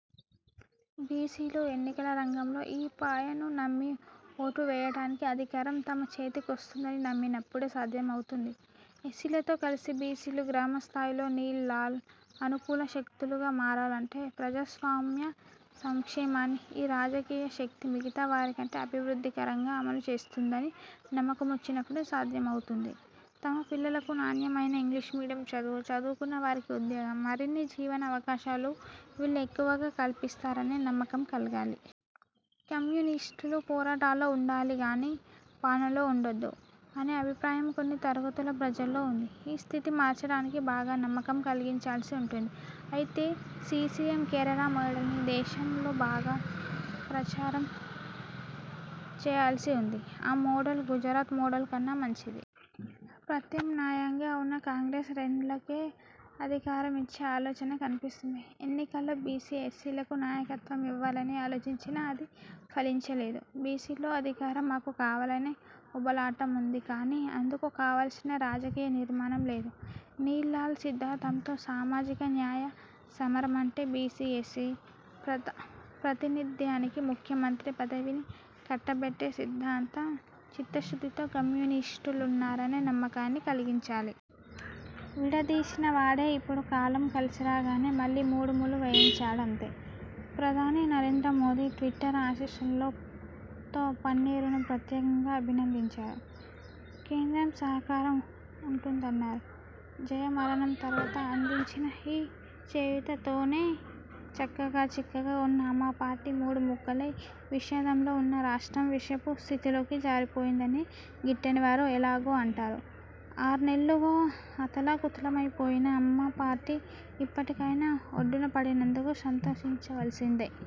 బీసీలు ఎన్నికల రంగంలో ఈ పాయను నమ్మి ఓటు వేయడానికి అధికారం తమ చేతికొస్తుందని నమ్మినప్పుడే సాధ్యమవుతుంది. ఎస్సీలతో కలిసి బీసీలు గ్రామస్థాయిలో నీల్–లాల్ అనుకూల శక్తులుగా మారాలంటే ప్రజాస్వామ్య సంక్షేమాన్ని ఈ రాజకీయ శక్తి మిగతా వారికంటే అభివృద్ధికరంగా అమలుచేస్తుందని నమ్మకమొచ్చినప్పుడే సాధ్యమౌతుంది. తమ పిల్లలకు నాణ్యమైన ఇంగ్లీష్ మీడియం చదువు, చదువుకున్న వారికి ఉద్యోగం, మరిన్ని జీవన అవకాశాలు వీళ్ళు ఎక్కువగా కల్పిస్తారనే నమ్మకం కలగాలి. కమ్యూనిస్టులు పోరాటాల్లో ఉండాలి గానీ పాలనలో ఉండొద్దు అనే అభిప్రాయం కొన్ని తరగతుల ప్రజల్లో ఉంది. ఈ స్థితి మార్చడానికి బాగా నమ్మకం కలిగించాల్సి ఉంటుంది. అయితే సీపీఎం కేరళ మోడల్ని దేశంలో బాగా ప్రచారం చెయ్యాల్సి ఉంది. ఆ మోడల్ గుజరాత్ మోడల్ కన్నా మంచిది. ప్రత్యామ్నాయంగా ఉన్న కాంగ్రెస్ రెడ్లకే అధికారమిచ్చే ఆలోచన కనిపిస్తుంది. ఎన్నికల్లో బీసీ, ఎస్సీలకు నాయకత్వమివ్వాలని ఆలోచించినా అది ఫలించలేదు. బీసీల్లో అధికారం మాకు కావాలనే ఉబలాటం ఉంది కానీ అందుకు కావలసిన రాజకీయ నిర్మాణం లేదు. నీల్–లాల్ సిద్ధాంతంతో సామాజిక న్యాయ సమరమంటే బీసీ, ఎస్సీ ప్రాతినిధ్యానికి ముఖ్యమంత్రి పదవిని కట్టబెట్టే సిద్ధాంత చిత్తశుద్ధితో కమ్యూనిస్టులున్నారనే నమ్మకాన్ని కలిగించాలి. విడదీసినవాడే ఇప్పుడు కాలం కలిసిరాగానే మళ్ళీ మూడుముళ్ళు వేయించాడు అంతే. ప్రధాని నరేంద్రమోదీ ట్విట్టర్ ఆశీస్సులతో పన్నీరును ప్రత్యేకంగా అభినందించారు. కేంద్రం సహకారం ఉంటుందన్నారు. జయ మరణం తరువాత అందించిన ఈ చేయూతతోనే చక్కగా చిక్కగా ఉన్న అమ్మ పార్టీ మూడు ముక్కలై, విషాదంలో ఉన్న రాష్ట్రం విషమ స్థితిలోకి జారిపోయిందని గిట్టనివారు ఎలాగూ అంటారు. ఆర్నెల్లుగా అతలాకుతలమైపోయిన అమ్మపార్టీ ఇప్పటికైనా ఒడ్డునపడినందుకు సంతోషించవలసిందే.